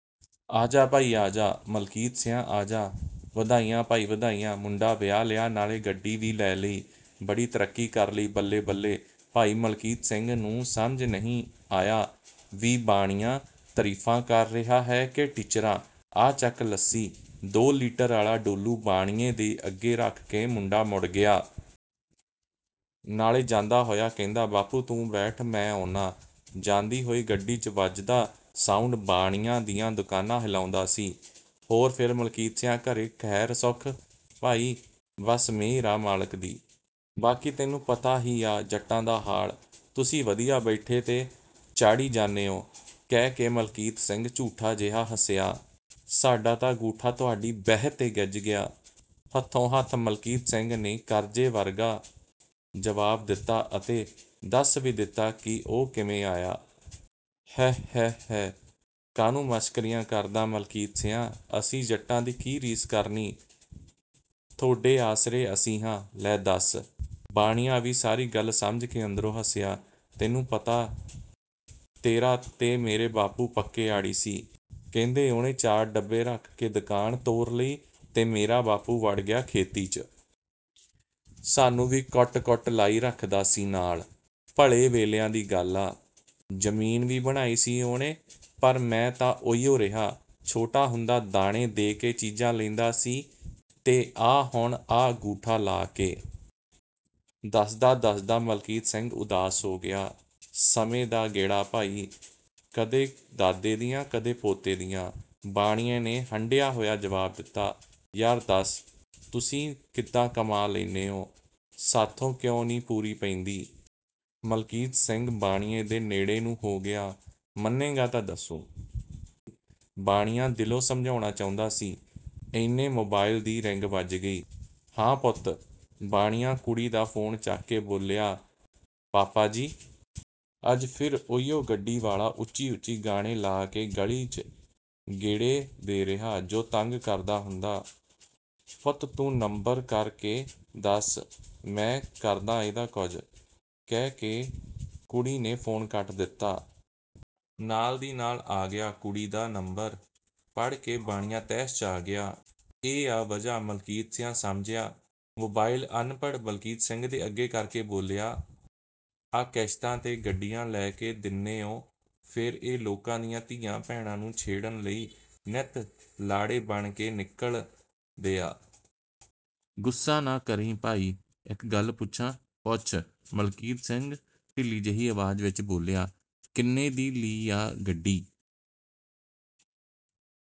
ਆਜਾ ਭਾਈ ਆਜਾ ਮਲਕੀਤ ਸੀਆਂ ਆਜਾ! ਵਧਾਈਆਂ ਭਾਈ ਵਧਾਈਆਂ, ਮੁੰਡਾ ਵਿਆਹ ਲਿਆ ਨਾਲੇ ਗੱਡੀ ਵੀ ਲੇ ਲਈ, ਬੜੀ ਤਰੱਕੀ ਕਰ ਲਈ ਬੱਲੇ-ਬੱਲੇ। ਭਾਈ ਮਲਕੀਤ ਸਿੰਘ ਨੂੰ ਸਮਝ ਨੀ ਆਇਆ ਵੀ ਬਾਣੀਆਂ ਤਰੀਫਾਂ ਕਰ ਰਿਹਾ ਕੇ ਟਿੱਚਰਾਂ "ਆ ਚੱਕ ਲੱਸੀ" ਦੋ ਲੀਟਰ ਆਲਾ ਡੋਲੂ ਬਾਣੀਏ ਦੇ ਅੱਗੇ ਰੱਖ ਕੇ ਮੁੰਡਾ ਮੁੜ ਗਿਆ। ਨਾਲੇ ਜਾਂਦਾ ਹੋਇਆ ਕਹਿੰਦਾ "ਬਾਪੂ ਤੂੰ ਬੈਠ, ਮੈਂ ਅਉਣਾ।" ਜਾਂਦੀ ਹੋਈ ਗੱਡੀ 'ਚ ਵੱਜਦਾ ਸਾਉੰਡ ਬਾਣੀਆਂ ਦੀਆ ਦੁਕਾਨਾਂ ਹਿਲਾਉਂਦਾ ਸੀ। "ਹੋਰ ਫੇਰ ਮਲਕੀਤ ਸੀਆਂ ਘਰੇ ਖੈਰ ਸੁਖ ਭਾਈ?" ਬਸ ਮੇਹਰ ਆ ਮਾਲਕ ਦੀ। ਬਾਕੀ ਤੇਨੂੰ ਪਤਾ ਹੀ ਆ ਜੱਟਾਂ ਦਾ ਹਾਲ, ਤੁਸੀਂ ਵਧੀਆ ਬੈਠੇ ਤੇ ਚਾਹੜੀ ਜਾਨੇ ਓ" ਕਹਿ ਕੇ ਮਲਕੀਤ ਸਿੰਘ ਝੂਠਾ ਜਿਹਾ ਹੱਸਿਆ। "ਸਾਡਾ ਤਾਂ ਗੂਠਾ ਤੁਹਾਡੀ ਬਹਿ ਤੇ ਗਿੱਜ ਗਿਆ।" ਹੱਥੋਂ ਹੱਥ ਮਲਕੀਤ ਸਿੰਘ ਨੇ ਕਰਜ਼ੇ ਵਰਗਾ ਜਵਾਬ ਦਿੱਤਾ ਅਤੇ ਦੱਸ ਵੀ ਦਿੱਤਾ ਕਿ ਉਹ ਕਿੰਵੇ ਆਇਆ?" ਹੈ, ਹੈ, ਹੈ ਕਾਹਨੂੰ ਮਸ਼ਕਰੀਆਂ ਕਰਦਾ ਮਲਕੀਤ ਸੀਆਂ? ਅਸੀਂ ਜੱਟਾਂ ਦੀ ਕੀ ਰੀਸ ਕਰਣੀ, ਥੋਡੇ ਆਸਰੇ ਅਸੀਂ ਹਾਂ, ਲੈ ਦੱਸ " ਬਾਣੀਆਂ ਵੀ ਸਾਰੀ ਗੱਲ ਸਮਝ ਕੇ ਅੰਦਰੋਂ ਹੱਸਿਆ।" ਤੇਨੂੰ ਪਤਾ ਤੇਰਾ ਤੇ ਮੇਰਾ ਬਾਪੂ ਪੱਕੇ ਆੜੀ ਸੀ, ਕਹਿੰਦੇ ਓਹਨੇ ਚਾਰ ਡੱਬੇ ਰੱਖ ਦੁਕਾਨ ਤੋਰ ਲੀ ਤੇ ਮੇਰਾ ਬਾਪੂ ਵੜ ਗਿਆ ਖੇਤੀ 'ਚ। ਸਾਨੂੰ ਵੀ ਕੁੱਟ-ਕੁੱਟ ਲਾਈ ਰੱਖ ਦਾ ਸੀ ਨਾਲ। ਭਲੇ ਵੇਲਿਆਂ ਦੀ ਗੱਲ ਆ, ਜਮੀਨ ਵੀ ਬਣਾਈ ਸੀ ਓਹਨੇ ਪਰ ਮੈਂ ਤਾਂ ਓਹੀਓ ਰਿਹਾ। ਛੋਟਾ ਹੁੰਦਾ ਦਾਣੇ ਦੇ ਕੇ ਚੀਜ਼ਾਂ ਲੈਂਦਾ ਸੀ ਤੇ ਆ ਹੁਣ ਆਹ ਗੂਠੇ ਲਾ ਕੇ।" ਦੱਸਦਾ-ਦੱਸਦਾ ਮਲਕੀਤ ਸਿੰਘ ਉਦਾਸ ਹੋ ਗਿਆ। "ਸਮੇ ਦਾ ਗੇੜਾ ਭਾਈ, ਕਦੇ ਦਾਦੇ ਦੀਆਂ, ਕਦੇ ਪੋਤੇ ਦੀਆਂ।" ਬਾਣੀਏ ਨੇਂ ਹੰਢਿਆ ਹੋਇਆ ਜਵਾਬ ਦਿੱਤਾ। "ਯਾਰ ਦਸ ਤੁਸੀਂ ਕਿਦਾਂ ਕਮਾ ਲੈਨੇ ਓ, ਸਾਥੋਂ ਕਿਉਂ ਨੀ ਪੂਰੀ ਪੈਂਦੀ? ਮਲਕੀਤ ਸਿੰਘ ਬਾਣੀਏ ਦੇ ਨੇੜੇ ਨੂੰ ਹੋ ਗਿਆ। "ਮੰਨੇਗਾ ਤਾਂ ਦੱਸੂ।" ਬਾਣੀਆਂ ਦਿਲੋਂ ਸਮਝਾਉਣਾ ਚਾਉਂਦਾ ਸੀ ਏਨੇ ਮੋਬਾਇਲ ਦੀ ਰਿੰਗ ਵੱਜ ਗਈ। "ਹਾਂ ਪੁੱਤ" ਬਾਣੀਆਂ ਕੁੜੀ ਦਾ ਫੋਨ ਚੱਕ ਕੇ ਬੋਲਿਆ। " ਪਾਪਾ ਜੀ! ਅੱਜ ਫਿਰ ਓਹੀਓ ਗੱਡੀ ਵਾਲਾ ਉੱਚੀ-ਉੱਚੀ ਗਾਣੇ ਲਾ ਕੇ ਗਲੀ ਚ ਗੇੜੇ ਦੇ ਰਿਹਾ, ਜੋ ਤੰਗ ਕਰਦਾ ਹੁੰਦਾ।" ਪੁੱਤ ਤੂੰ ਨੰਬਰ ਕਰ ਕੇ ਦੱਸ ਮੈਂ ਕਰਦਾ ਇਹਦਾ ਕੁਜ।" ਕਹਿ ਕੇ ਕੁੜੀ ਨੇ ਫੋਨ ਕੱਟ ਦਿੱਤਾ। ਨਾਲ ਦੀ ਨਾਲ ਆ ਗਿਆ ਕੁੜੀ ਦਾ, ਨੰਬਰ ਪੜ ਕੇ ਬਾਣੀਆਂ ਤੈਸ਼ 'ਚ ਆ ਗਿਆ। "ਇਹ ਆ ਵਜ੍ਹਾ ਮਲਕੀਤ ਸੀਆਂ, ਸਮਝਿਆ?" ਮੋਬਾਇਲ ਅਨਪੜ੍ਹ ਮਲਕੀਤ ਸਿੰਘ ਦੇ ਅੱਗੇ ਕਰਕੇ ਬੋਲਿਆ, " ਆ ਕਿਸ਼ਤਾਂ ਤੇ ਗੱਡੀਆਂ ਲੈ ਕੇ ਦਿੰਨੇ ਓ ਫੇਰ ਏ ਲੋਕਾਂ ਦੀਆਂ ਧੀਆਂ ਭੈਣਾਂ ਨੂੰ ਛੇੜਣ ਲਈ ਨਿਤ ਲਾੜੇ ਬਣ ਕੇ ਨਿਕਲ ਦੇ ਆ। ਗੁੱਸਾ ਨਾ ਕਰੀ ਭਾਈ ਇੱਕ ਗੱਲ ਪੁੱਛਾਂ? "ਪੁੱਛ" ਮਲਕੀਤ ਸਿੰਘ ਢਿੱਲੀ ਜਿਹੀ ਆਵਾਜ਼ 'ਚ ਬੋਲਿਆ।" ਕਿੰਨੇ ਦੀ ਲੀ ਆ ਗੱਡੀ?